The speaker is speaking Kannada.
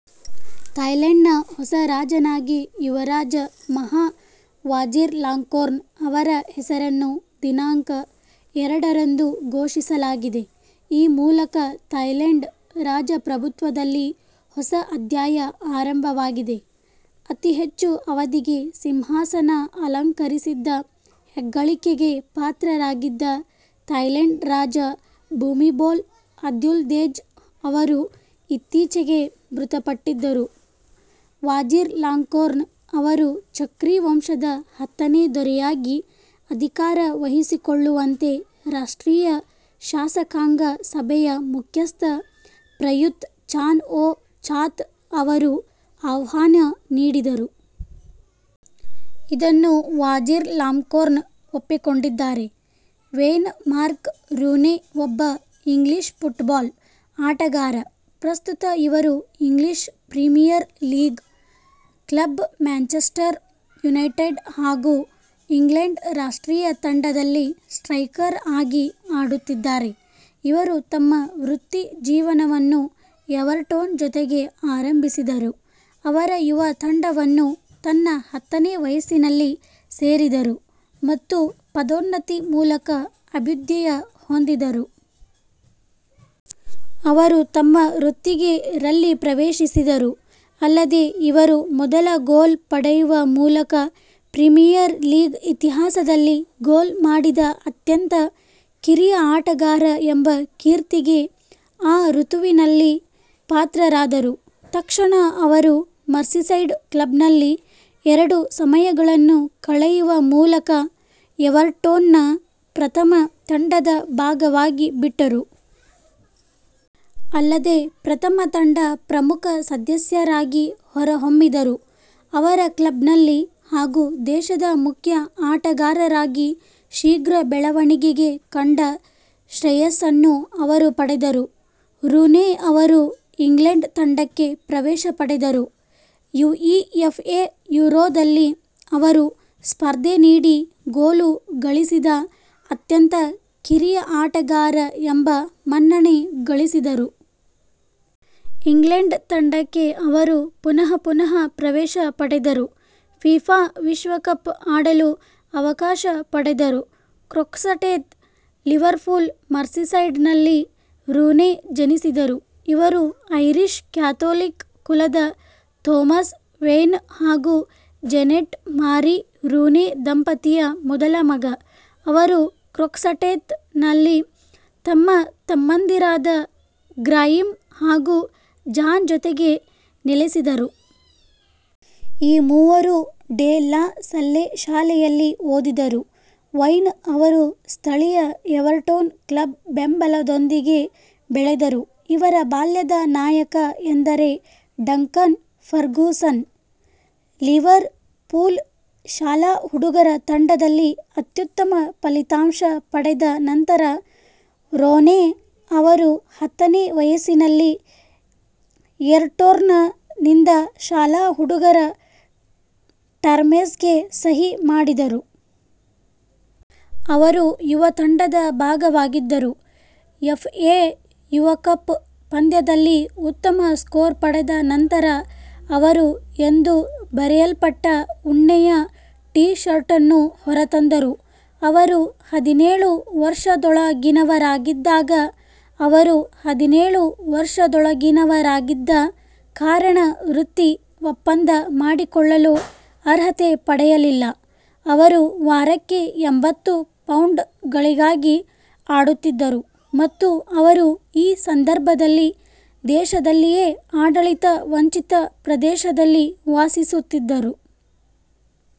ಥಾಯ್ಲೆಂಡ್ನ ಹೊಸ ರಾಜನಾಗಿ ಯುವರಾಜ ಮಹಾ ವಾಜಿರಲಾಂಗ್ಕೊರ್ನ್ ಅವರ ಹೆಸರನ್ನು ದಿನಾಂಕ ಎರಡರಂದು ಘೋಷಿಸಲಾಗಿದೆ. ಈ ಮೂಲಕ ಥಾಯ್ಲೆಂಡ್ ರಾಜಪ್ರಭುತ್ವದಲ್ಲಿ ಹೊಸ ಅಧ್ಯಾಯ ಆರಂಭವಾಗಿದೆ. ಅತಿಹೆಚ್ಚು ಅವಧಿಗೆ ಸಿಂಹಾಸನ ಅಲಂಕರಿಸಿದ್ದ ಹೆಗ್ಗಳಿಕೆಗೆ ಪಾತ್ರರಾಗಿದ್ದ ಥಾಯ್ಲೆಂಡ್ ರಾಜ ಭೂಮಿಬೊಲ್ ಅದುಲ್ಯದೆಜ್ ಅವರು ಇತ್ತೀಚೆಗೆ ಮೃತಪಟ್ಟಿದ್ದರು. ವಾಜಿರಲಾಂಗ್ಕೊರ್ನ್ ಅವರು ಚಕ್ರಿ ವಂಶದ ಹತ್ತನೇ ದೊರೆಯಾಗಿ ಅಧಿಕಾರ ವಹಿಸಿಕೊಳ್ಳುವಂತೆ ರಾಷ್ಟ್ರೀಯ ಶಾಸಕಾಂಗ ಸಭೆಯ ಮುಖ್ಯಸ್ಥ ಪ್ರಯೂತ್ ಚಾನ್ ಒ ಚಾತ್ ಅವರು ಆಹ್ವಾನ ನೀಡಿದರು. ಇದನ್ನು ವಾಜಿರಲಾಂಗ್ಕೊರ್ನ್ ಒಪ್ಪಿಕೊಂಡಿದ್ದಾರೆ. ವೇಯ್ನ್ ಮಾರ್ಕ್ ರೂನೇ ಒಬ್ಬ ಇಂಗ್ಲಿಷ್ ಫುಟ್ಬಾಲ್ ಆಟಗಾರ. ಪ್ರಸ್ತುತ ಇವರು English Premier League club Manchester United ಹಾಗೂ ಇಂಗ್ಲೆಂಡ್ ರಾಷ್ಟ್ರೀಯ ತಂಡದಲ್ಲಿ ಸ್ಟ್ರೈಕರ್ ಆಗಿ ಆಡುತ್ತಿದ್ದಾರೆ. ಇವರು ತಮ್ಮ ವೃತ್ತಿ ಜೀವನವನ್ನು ಎವರ್ಟೊನ್ ಜೊತೆಗೆ ಆರಂಭಿಸಿದರು. ಅವರ ಯುವ ತಂಡವನ್ನು ತನ್ನ ಹತ್ತನೇ ವಯಸ್ಸಿನಲ್ಲಿ ಸೇರಿದರು ಮತ್ತು ಪದೋನ್ನತಿ ಮೂಲಕ ಅಭ್ಯುದಯ ಹೊಂದಿದರು. ಅವರು ತಮ್ಮ ವೃತ್ತಿಗೆ ರಲ್ಲಿ ಪ್ರವೇಶಿಸಿದರು. ಅಲ್ಲದೆ, ಇವರು ಮೊದಲ ಗೋಲ್ ಪಡೆಯುವ ಮೂಲಕ ಪ್ರೀಮಿಯರ್ ಲೀಗ್ ಇತಿಹಾಸದಲ್ಲಿ ಗೋಲ್ ಮಾಡಿದ ಅತ್ಯಂತ ಕಿರಿಯ ಆಟಗಾರ ಎಂಬ ಕೀರ್ತಿಗೆ ಆ ಋತುವಿನಲ್ಲಿ ಪಾತ್ರರಾದರು. ತಕ್ಷಣ ಅವರು ಮರ್ಸಿಸೈಡ್ ಕ್ಲಬ್ನಲ್ಲಿ ಎರಡು ಸಮಯಗಳನ್ನು ಕಳೆಯುವ ಮೂಲಕ ಎವರ್ಟೊನ್ ನ ಪ್ರಥಮ ತಂಡದ ಭಾಗವಾಗಿಬಿಟ್ಟರು. ಅಲ್ಲದೆ, ಪ್ರಥಮ ತಂಡ ಪ್ರಮುಖ ಸದಸ್ಯರಾಗಿ ಹೊರಹೊಮ್ಮಿದರು. ಅವರ ಕ್ಲಬ್ ನಲ್ಲಿ ಹಾಗೂ ದೇಶದ ಮುಖ್ಯ ಆಟಗಾರರಾಗಿ ಶೀಘ್ರ ಬೆಳವಣಿಗೆಗೆ ಕಂಡ ಶ್ರೇಯಸ್ಸನ್ನು ಅವರು ಪಡೆದರು. ರೂನೇ ಅವರು ಇಂಗ್ಲೆಂಡ್ ತಂಡಕ್ಕೆ ಪ್ರವೇಶ ಪಡೆದರು. U E F A Euro ದಲ್ಲಿ ಅವರು ಸ್ಪರ್ಧೆ ನೀಡಿ ಗೋಲು ಗಳಿಸಿದ ಅತ್ಯಂತ ಕಿರಿಯ ಆಟಗಾರ ಎಂಬ ಮನ್ನಣೆ ಗಳಿಸಿದರು. ಇಂಗ್ಲೆಂಡ್ ತಂಡಕ್ಕೆ ಅವರು ಪುನಃ ಪುನಃ ಪ್ರವೇಶ ಪಡೆದರು. ಫಿಫಾ ವಿಶ್ವ ಕಪ್ ಆಡಲು ಅವಕಾಶ ಪಡೆದರು. ಕ್ರೊಕ್ಸ್ಟೆತ್, ಲಿವರ್ಪೂಲ್ ಮರ್ಸಿಸೈಡ್ ನಲ್ಲಿ ರೂನೇ ಜನಿಸಿದರು. ಇವರು ಐರಿಶ್ ಕ್ಯಾಥೋಲಿಕ್ ಕುಲದ ಥೋಮಸ್ ವೇಯ್ನ್ ಹಾಗೂ ಜೇನೆಟ್ ಮಾರಿ ರೂನೇ ದಂಪತಿಯ ಮೊದಲ ಮಗ. ಅವರು ಕ್ರೊಕ್ಸಟೆತ್ ನಲ್ಲಿ ತಮ್ಮ ತಮ್ಮಂದಿರಾದ ಗ್ರಾಯಿಮ್ ಹಾಗೂ ಜಾನ್ ಜೊತೆಗೆ ನೆಲೆಸಿದರು. ಈ ಮೂವರೂ ಡೆ ಲಾ ಸಲ್ಲೆ ಶಾಲೆಯಲ್ಲಿ ಓದಿದರು. ವೈಯ್ನ್ ಅವರು ಸ್ಥಳೀಯ ಎವರ್ಟೊನ್ ಕ್ಲಬ್ ಬೆಂಬಲದೊಂದಿಗೆ ಬೆಳೆದರು. ಇವರ ಬಾಲ್ಯದ ನಾಯಕ ಎಂದರೆ ಡಂಕನ್ ಫರ್ಗುಸನ್. ಲಿವರ್ ಪೂಲ್ ಶಾಲಾ ಹುಡುಗರ ತಂಡದಲ್ಲಿ ಅತ್ಯುತ್ತಮ ಫಲಿತಾಂಶ ಪಡೆದ ನಂತರ ರೋನೇ ಅವರು ಹತ್ತನೇ ವಯಸ್ಸಿನಲ್ಲಿ ಎರರ್ಟೋನ್ ನಿಂದ ಶಾಲಾ ಹುಡುಗರ ಟರ್ಮ್ಸ್ಗೆ ಸಹಿ ಮಾಡಿದರು. ಅವರು ಯುವ ತಂಡದ ಭಾಗವಾಗಿದ್ದರು. ಎಫ್ಎ ಯುವಕಪ್ ಪಂದ್ಯದಲ್ಲಿ ಉತ್ತಮ ಸ್ಕೋರ್ ಪಡೆದ ನಂತರ ಅವರು ಎಂದು ಬರೆಯಲ್ಪಟ್ಟ ಉಣ್ಣೆಯ ಟಿ ಶರ್ಟನ್ನು ಹೊರತಂದರು. ಅವರು ಹದಿನೇಳು ವರ್ಷದೊಳಗಿನವರಾಗಿದ್ದಾಗ ಅವರು ಹದಿನೇಳು ವರ್ಷದೊಳಗಿನವರಾಗಿದ್ದ ಕಾರಣ ವೃತ್ತಿ ಒಪ್ಪಂದ ಮಾಡಿಕೊಳ್ಳಲು ಅರ್ಹತೆ ಪಡೆಯಲಿಲ್ಲ. ಅವರು ವಾರಕ್ಕೆ ಎಂಭತ್ತು ಪೌಂಡ್ ಗಳಿಗಾಗಿ ಆಡುತ್ತಿದ್ದರು. ಮತ್ತು ಅವರು ಈ ಸಂದರ್ಭದಲ್ಲಿ ದೇಶದಲ್ಲಿಯೇ ಆಡಳಿತ ವಂಚಿತ ಪ್ರದೇಶದಲ್ಲಿ ವಾಸಿಸುತ್ತಿದ್ದರು.